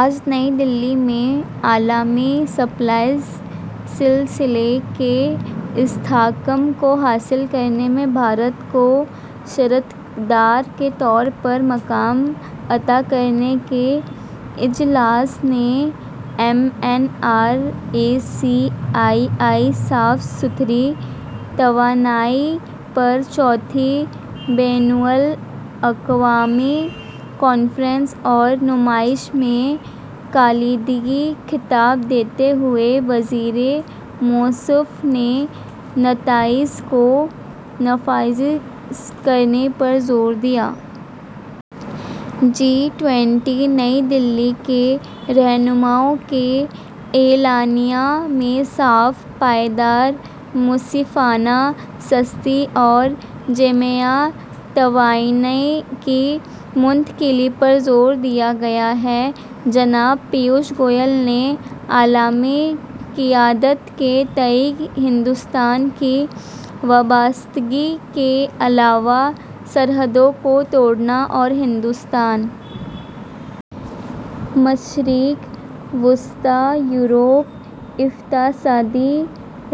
آج نئی دہلی میں 'عالمی سپلائی سلسلے کے استحکام کو حاصل کرنے میں بھارت کو شراکت دار کے طور پر مقام عطاکرنے 'کے اجلاس نے 'ایم این آرای -سی آئی آئی: صاف ستھری توانائی پر چوتھی بین الاقوامی کانفرنس اور نمائش' میں کلیدی خطبہ دیتے ہوئے وزیرموصوف نے نتائج کو نافذ کرنے پر زور دیا۔ جی ٹوئنٹی نئی دہلی کے رہنماؤں کے اعلامیہ میں صاف، پائیدار، منصفانہ، سستی اور جامع توانائی کی منتقلی پرزوردیاگیاہے۔ جناب پیوش گوئل نے عالمی قیادت کے تئیں ہندوستان کی وابستگی کے علاوہ سرحدوں کو توڑنےاور ہندوستان۔ مشرق وسطیٰ۔ یورپ اقتصادی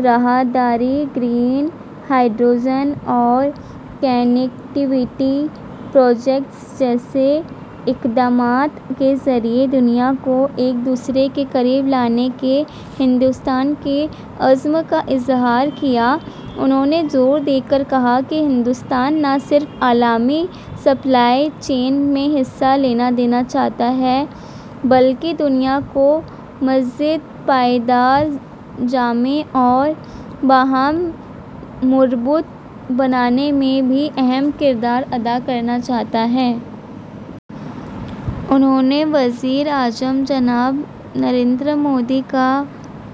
راہداری، گرین ہائیڈروجن اور کنیکٹیویٹی پروجیکٹس جیسے اقدامات کے ذریعے دنیا کو ایک دوسرے کے قریب لانے کے ہندوستان کے عزم کااظہارکیا۔ انہوں نے زور دے کر کہا کہ ہندوستان نہ صرف عالمی سپلائی چین میں حصہ لینا چاہتا ہے بلکہ دنیا کو مزید پائیدار، جامع اور باہم مربوط بنانے میں بھی اہم کردار ادا کرنا چاہتا ہے۔ انہوں نے وزیر اعظم جناب نریندر مودی کا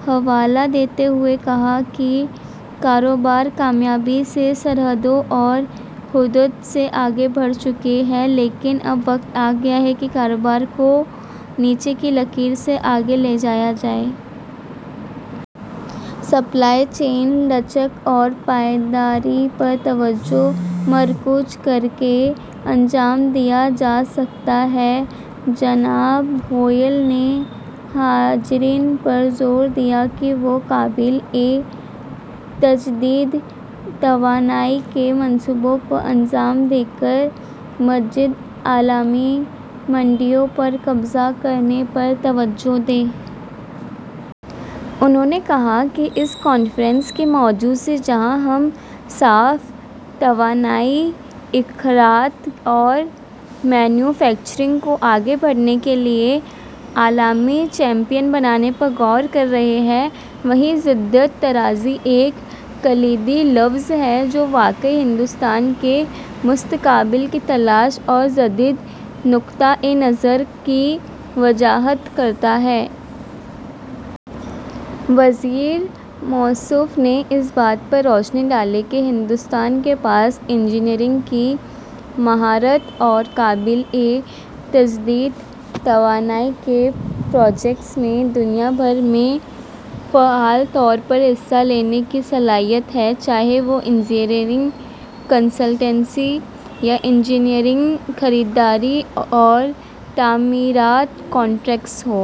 حوالہ دیتے ہوئے کہاکہ ''کاروبار کامیابی سے سرحدوں اور حدود سے آگے بڑھ چکے ہیں، لیکن اب وقت آگیا ہے کہ کاروبار کو نیچے کی لکیر سے آگے لے جایا جائے۔ یہ سپلائی چین لچک اور پائیداری پر توجہ مرکوز کرکے انجام دیا جاسکتا ہے۔ '' جناب گوئل نے حاضرین پر زور دیا کہ وہ قابل تجدید توانائی کے منصوبوں کو انجام دے کر مزید عالمی منڈیوں پر قبضہ کرنے پر توجہ دیں۔ انہوں نے کہا کہ اس کانفرنس کے موضوع سے جہاں ہم صاف توانائی، اختراعات اور مینوفیکچرنگ کو آگے بڑھانے کے لیے عالمی چیمپئن بنانے پر غور کر رہے ہیں، وہیں جدت طرازی ایک کلیدی لفظ ہے جو واقعی ہندوستان کے مستقبل کی تلاش اور جدید نقطہ نظر کی وضاحت کرتا ہے۔ وزیر موصوف نے اس بات پر روشنی ڈالی کہ ہندوستان کے پاس انجینئرنگ کی مہارت اور قابل تجدید توانائی کے پروجیکٹوں میں دنیا بھر میں فعال طور پر حصہ لینے کی صلاحیت ہے، چاہے وہ انجینئرنگ، کنسلٹنسی، یا انجینئرنگ، خریداری اورتعمیرات کنٹریکٹس ہو۔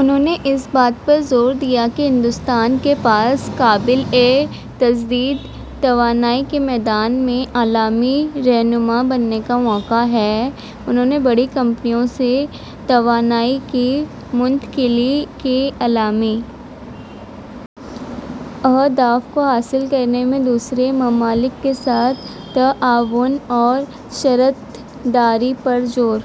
انہوں نے اس بات پر زور دیا کہ ہندوستان کے پاس قابل تجدید توانائی کے میدان میں عالمی رہنما بننے کا موقع ہے۔ انھوں نے بڑی کمپنیوں سے توانائی کی منتقلی کے عالمی اہداف کو حاصل کرنے میں دوسرے ممالک کے ساتھ تعاون اور شراکت داری پر زور